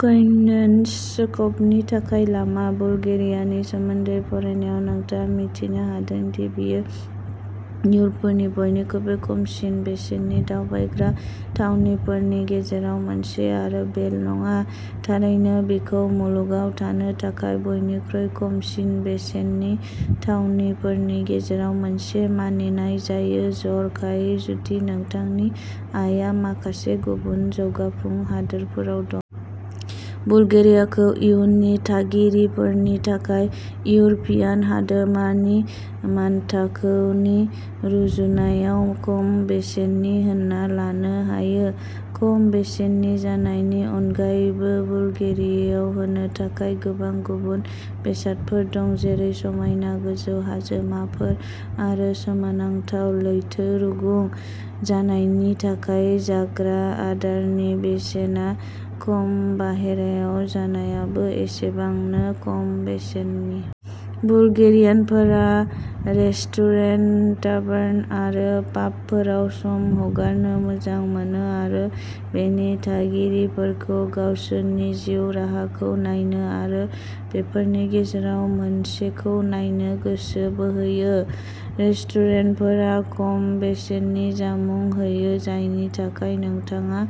काइनेन्स कभनि थाखाय लामा। बुलगेरियानि सोमोन्दै फरायनायाव नोंथाङा मिथिनो हागोन दि बेयो इउरपनि बयनिख्रुइ खमसिन बेसेननि दावबायग्रा थावनिफोरनि गेजेराव मोनसे आरो बेल' नङा। थारैनो बेखौ मुलुगाव थानो थाखाय बयनिख्रुइ खमसिन बेसेननि थावनिफोरनि गेजेराव मोनसे मानिनाय जायो जर'खायै जुदि नोंथांनि आयआ माखासे गुबुन जौगाफु हादोरफोराव दं। बुलगेरियाखौ इयुननि थागिरिफोरनि थाखाय इउर'पियान हादोरमानि मानथाखोनि रुजुनायाव खम बेसेननि होनना लानो हायो। खम बेसेननि जानायनि अनगायैबो बुलगेरियायाव होनो थाखाय गोबां गुबुन बेसादफोर दं जेरै समायना गोजौ हाजोमाफोर आरो सोमोनांथाव लैथो रुगुं। जानायनि थाखाय जाग्रा आदारनि बेसेना खम बाहेरायाव जानायाबो एसेबांनो खम बेसेननि। बुलगेरियानफोरा रेस्टुरेन्ट, टावार्न आरो पाबफोराव सम हगारनो मोजां मोनो आरो बेनो थागिरिफोरखौ गावसोरनि जिउ राहाखौ नायनो आरो बेफोरनि गेजेराव मोनसेखौ नायनो गोसो बोहोयो। रेस्टुरेन्टफोरा खम बेसेननि जामुं होयो जायनि थाखाय नोंथाङा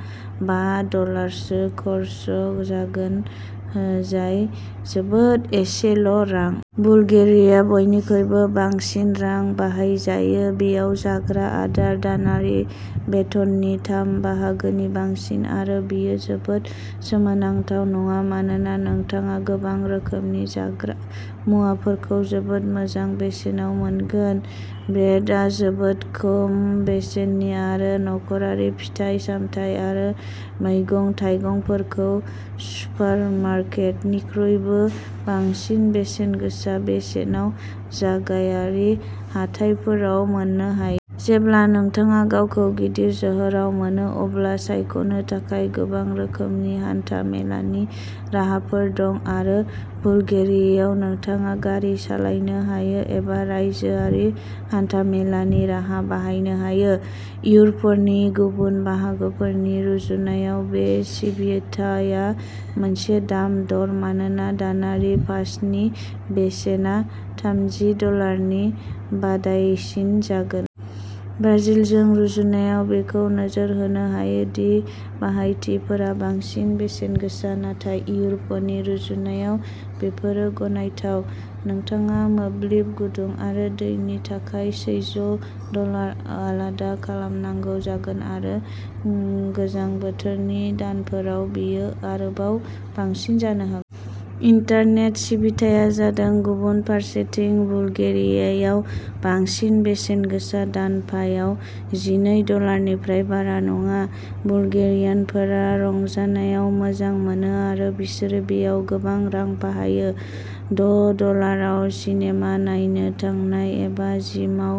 बा डलारसो खर्सा जागोन जाय जोबोद एसेल' रां। बुलगेरियायाव बयनिख्रुइबो बांसिन रां बाहायजायो बेयाव जाग्रा आदार दानारि बेथननि थाम बाहागोनि बांसिन आरो बेयो जेबो सोमोनांथाव नङा मानोना नोंथाङा गोबां रोखोमनि जाग्रा मुवाफोरखौ जोबोद मोजां बेसेनाव मोनगोन। ब्रेडआ जोबोद खम बेसेननि आरो न'खरारि फिथाइ-सामथाइ आरो मैगं-थाइगंफोरखौ सुपारमार्केटनिख्रुइबो बांसिन बेसेनगोसा बेसेनाव जागायारि हाथाइफोराव मोननो हायो। जेब्ला नोंथाङा गावखौ गिदिर सोहोराव मोनो अब्ला सायख'नो थाखाय गोबां रोखोमनि हान्था-मेलानि राहाफोर दं आरो बुलगेरियायाव नोंथाङा गारि सालायनो हायो एबा रायजोआरि हान्था-मेलानि राहा बाहायनो हायो। इउरपनि गुबुन बाहागोफोरनि रुजुनायाव बे सिबिथाया मोनसे दाम-दर मानोना दानारि पासनि बेसेना थामजि डलारनि बादाइसिन जागोन। ब्राजिलजों रुजुनायाव बेखौ नोजोर होनो हायो दि बाहायथिफोरा बांसिन बेसेनगोसा नाथाय इउर'पनि रुजुनायाव बेफोरो गनायथाव। नोंथाङा मोब्लिब गुदुं आरो दैनि थाखाय सेजौ डलार आलादा खालामनांगौ जागोन आरो गोजां बोथोरनि दानफोराव बेयो आरोबाव बांसिन जानो हागौ। इन्टारनेट सिबिथाया जादों गुबुन फारसेथिं बुलगेरियायाव बांसिन बेसेनगोसा दानफायाव जिनै डलारनिफ्राय बारा नङा। बुलगेरियानफोरा रंजानाय मोजां मोनो आरो बिसोर बेयाव गोबां रां बाहायो। द' डलाराव सिनेमा नायनो थांनाय एबा जिमाव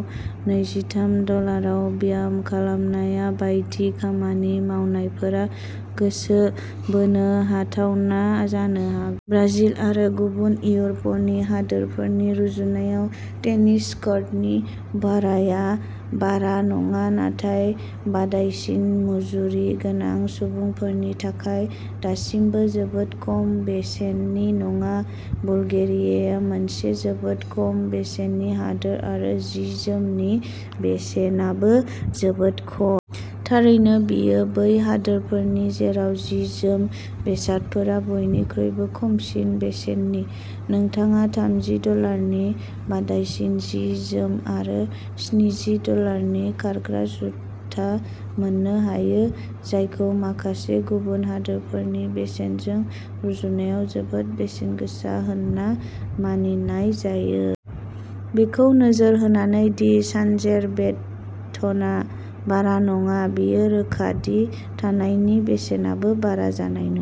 नैजिथाम डलाराव ब्याम खालामनाय बायदि खामानि मावनायफोरा गोसो बोनो हाथावना जानो हागौ। ब्राजिल आरो गुबुन इउर'पनि हादोरफोरनि रुजुनायाव टेनिस क'र्टनि भाराया बारा नङा नाथाय बादाइसिन मुजुरि गोनां सुबुंफोरनि थाखाय दासिमबो जोबोद खम बेसेननि नङा। बुलगेरिया मोनसे जोबोद खम बेसेननि हादोर आरो जि-जोमनि बेसेनाबो जोबोद खम। थारैनो बेयो बै हादोरफोरनि जेराव जि-जोम बेसादफोरा बयनिख्रुइ खमसिन बेसेननि। नोंथाङा थामजि डलारनि बाङाइसिन जि-जोम आरो स्निजि डलारनि खारग्रा जुथा मोननो हायो। जायखौ माखासे गुबुन हादोरफोरनि बेसेनजों रुजुनायाव जोबोद बेसेनगोसा होनना मानिनाय जायो। बेखौ नोजोर होनानै दि सानजेर बेथनआ बारा नङा बेयो रोखा दि थानायनि बेसेनाबो बारा जानाय नङा।